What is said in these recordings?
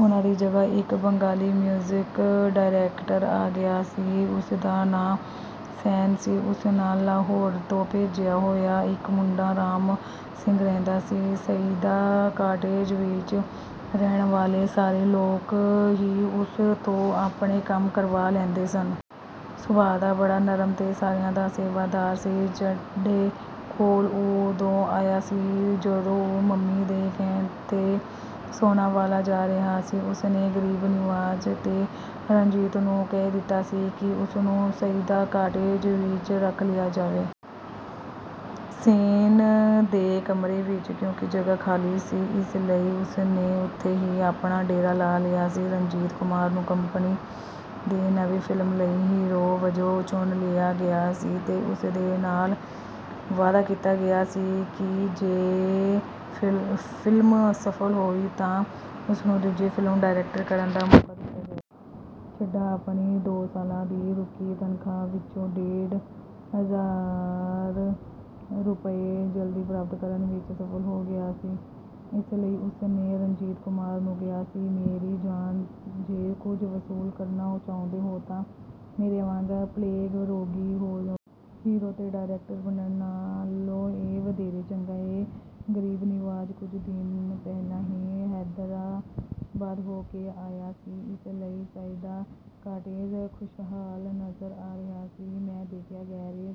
ਉਹਨਾਂ ਦੀ ਜਗ੍ਹਾ ਇਕ ਬੰਗਾਲੀ ਮਿਊਜ਼ਿਕ ਡਾਇਰੈਕਟਰ ਆ ਗਿਆ ਸੀ। ਉਸਦਾ ਨਾਂਅ ਸੈਨ ਸੀ। ਉਸ ਨਾਲ ਲਾਹੌਰ ਤੋਂ ਭੱਜਿਆ ਹੋਇਆ ਇਕ ਮੁੰਡਾ ਰਾਮ ਸਿੰਘ ਰਹਿੰਦਾ ਸੀ। ਸਈਦਾ ਕਾਟੇਜ ਵਿਚ ਰਹਿਣ ਵਾਲੇ ਸਾਰੇ ਲੋਕ ਹੀ ਉਸ ਤੋਂ ਆਪਣੇ ਕੰਮ ਕਰਵਾ ਲੈਂਦੇ ਸਨ। ਸੁਭਾਅ ਦਾ ਬੜਾ ਨਰਮ ਤੇ ਸਾਰਿਆਂ ਦਾ ਸੇਵਾਦਾਰ ਸੀ। ਚੱਡੇ ਕੋਲ ਉਹ ਉਦੋਂ ਆਇਆ ਸੀ ਜਦੋਂ ਉਹ ਮੰਮੀ ਦੇ ਕਹਿਣ 'ਤੇ ਸੋਨਾਵਾਲਾ ਜਾ ਰਿਹਾ ਸੀ। ਉਸਨੇ ਗਰੀਬ ਨਿਵਾਜ਼ ਤੇ ਰਣਜੀਤ ਨੂੰ ਕਹਿ ਦਿੱਤਾ ਸੀ ਕਿ ਉਸਨੂੰ ਸਈਦਾ ਕਾਟੇਜ ਵਿਚ ਰੱਖ ਲਿਆ ਜਾਵੇ। ਸੇਨ ਦੇ ਕਮਰੇ ਵਿਚ ਕਿਉਂਕਿ ਜਗ੍ਹਾ ਖਾਲੀ ਸੀ, ਇਸ ਲਈ ਉਸਨੇ ਉੱਥੇ ਹੀ ਆਪਣਾ ਡੇਰਾ ਲਾ ਲਿਆ ਸੀ। ਰਣਜੀਤ ਕੁਮਾਰ ਨੂੰ ਕੰਪਨੀ ਦੀ ਨਵੀਂ ਫ਼ਿਲਮ ਲਈ ਹੀਰੋ ਵਜੋਂ ਚੁਣ ਲਿਆ ਗਿਆ ਸੀ ਤੇ ਉਸ ਦੇ ਨਾਲ ਵਾਅਦਾ ਕੀਤਾ ਗਿਆ ਸੀ ਕਿ ਜੇ ਫਿਲਮ ਸਫਲ ਹੋਈ ਤਾਂ ਉਸਨੂੰ ਦੂਜੀ ਫਿਲਮ ਡਾਇਰੈਕਟ ਕਰਨ ਦਾ ਮੌਕਾ ਦਿੱਤਾ ਜਾਏਗਾ। ਚੱਡਾ ਆਪਣੀ ਦੋ ਸਾਲਾਂ ਦੀ ਰੁਕੀ ਤਨਖ਼ਾਹ ਵਿਚੋਂ ਡੇਢ ਹਜ਼ਾਰ ਰੁਪਏ ਜਲਦੀ ਪ੍ਰਾਪਤ ਕਰਨ ਵਿਚ ਸਫਲ ਹੋ ਗਿਆ ਸੀ, ਇਸ ਲਈ ਉਸਨੇ ਰਣਜੀਤ ਕੁਮਾਰ ਨੂੰ ਕਿਹਾ ਸੀ, "ਮੇਰੀ ਜਾਨ, ਜੇ ਕੁਝ ਵਸੂਲ ਕਰਨਾ ਚਾਹੁੰਦੇ ਹੋ ਤਾਂ ਮੇਰੇ ਵਾਂਗ 'ਪਲੇਗ-ਰੋਗੀ' ਹੋ ਜਾਓ। ਹੀਰੋ ਤੇ ਡਾਇਰੈਕਟਰ ਬਣਨ ਨਾਲੋਂ, ਇਹ ਵਧੇਰੇ ਚੰਗਾ ਏ। " ਗਰੀਬ ਨਿਵਾਜ ਕੁਝ ਦਿਨ ਪਹਿਲਾਂ ਹੀ ਹੈਦਰਾਬਾਦ ਹੋ ਕੇ ਆਇਆ ਸੀ, ਇਸ ਲਈ ਸਈਦਾ ਕਾਟੇਜ ਖੁਸ਼ਹਾਲ ਨਜ਼ਰ ਆ ਰਿਹਾ ਸੀ। ਮੈਂ ਦੇਖਿਆ, ਗੈਰੇਜ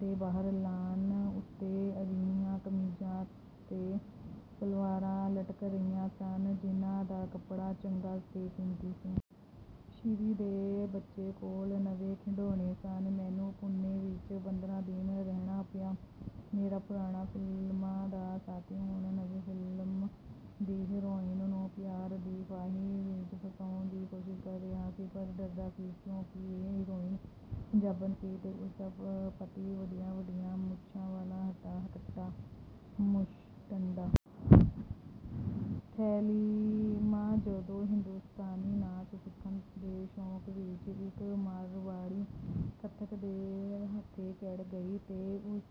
ਦੇ ਬਾਹਰ ਲਾਅਨ ਉੱਤੇ ਅਜਿਹੀਆਂ ਕਮੀਜ਼ਾਂ ਤੇ ਸਲਵਾਰਾਂ ਲਟਕ ਰਹੀਆਂ ਸਨ, ਜਿਹਨਾਂ ਦਾ ਕੱਪੜਾ ਚੰਗਾ ਤੇ ਕੀਮਤੀ ਸੀ। ਸ਼ੀਰੀਂ ਦੇ ਬੱਚੇ ਕੋਲ ਨਵੇਂ ਖਿਡੌਣੇ ਸਨ। ਮੈਨੂੰ ਪੂਨੇ ਵਿਚ ਪੰਦਰਾਂ ਦਿਨ ਰਹਿਣਾ ਪਿਆ। ਮੇਰਾ ਪੁਰਾਣਾ ਫਿਲਮਾਂ ਦਾ ਸਾਥੀ ਹੁਣ ਨਵੀਂ ਫ਼ਿਲਮ ਦੀ ਹੀਰੋਇਨ ਨੂੰ ਪਿਆਰ ਦੀ ਫਾਹੀ ਵਿਚ ਫਸਾਉਣ ਦੀ ਕੋਸ਼ਿਸ਼ ਕਰ ਰਿਹਾ ਸੀ, ਪਰ ਡਰਦਾ ਸੀ, ਕਿਉਂਕਿ ਇਹ ਹੀਰੋਇਨ ਪੰਜਾਬਣ ਸੀ ਤੇ ਉਸਦਾ ਪਤੀ ਵੱਡੀਆਂ-ਵੱਡੀਆਂ ਮੁੱਛਾਂ ਵਾਲਾ ਹੱਟਾ-ਕੱਟਾ ਮੁਸ਼ਟੰਡਾ। ਥੈਲਿਮਾ ਜਦੋਂ ਹਿੰਦੁਸਤਾਨੀ ਨਾਚ ਸਿੱਖਣ ਦੇ ਸ਼ੌਕ ਵਿਚ ਇਕ ਮਾਰਵਾੜੀ ਕਥਕ ਦੇ ਹੱਥੇ ਚੜ੍ਹ ਗਈ, ਤੇ ਉਸ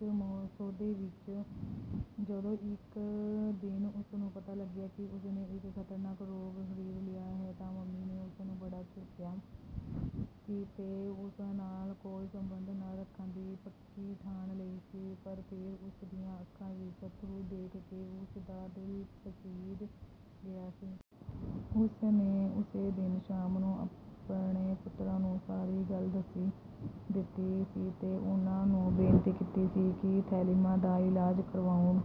ਸੌਦੇ ਵਿਚ ਜਦੋਂ ਇਕ ਦਿਨ ਉਸਨੂੰ ਪਤਾ ਲੱਗਿਆ ਕਿ ਉਸਨੇ ਇਕ ਖਤਰਨਾਕ ਰੋਗ ਖਰੀਦ ਲਿਆ ਹੈ ਤਾਂ ਮੰਮੀ ਨੇ ਉਸਨੂੰ ਬੜਾ ਝਿੜਕਿਆ ਸੀ ਤੇ ਉਸ ਨਾਲ ਕੋਈ ਸੰਬੰਧ ਨਾ ਰੱਖਣ ਦੀ ਪੱਕੀ ਠਾਣ ਲਈ ਸੀ, ਪਰ ਫੇਰ ਉਸ ਦੀਆਂ ਅੱਖਾਂ ਵਿਚ ਅੱਥਰੂ ਦੇਖ ਕੇ ਉਸਦਾ ਦਿਲ ਪਸੀਜ ਗਿਆ ਸੀ। ਉਸਨੇ ਉਸੇ ਦਿਨ ਸ਼ਾਮ ਨੂੰ ਆਪਣੇ ਪੁੱਤਰਾਂ ਨੂੰ ਸਾਰੀ ਗੱਲ ਦੱਸ ਦਿੱਤੀ ਸੀ ਤੇ ਉਹਨਾਂ ਨੂੰ ਬੇਨਤੀ ਕੀਤੀ ਸੀ ਕਿ ਥੈਲਿਮਾ ਦਾ ਇਲਾਜ਼ ਕਰਵਾਉਣ।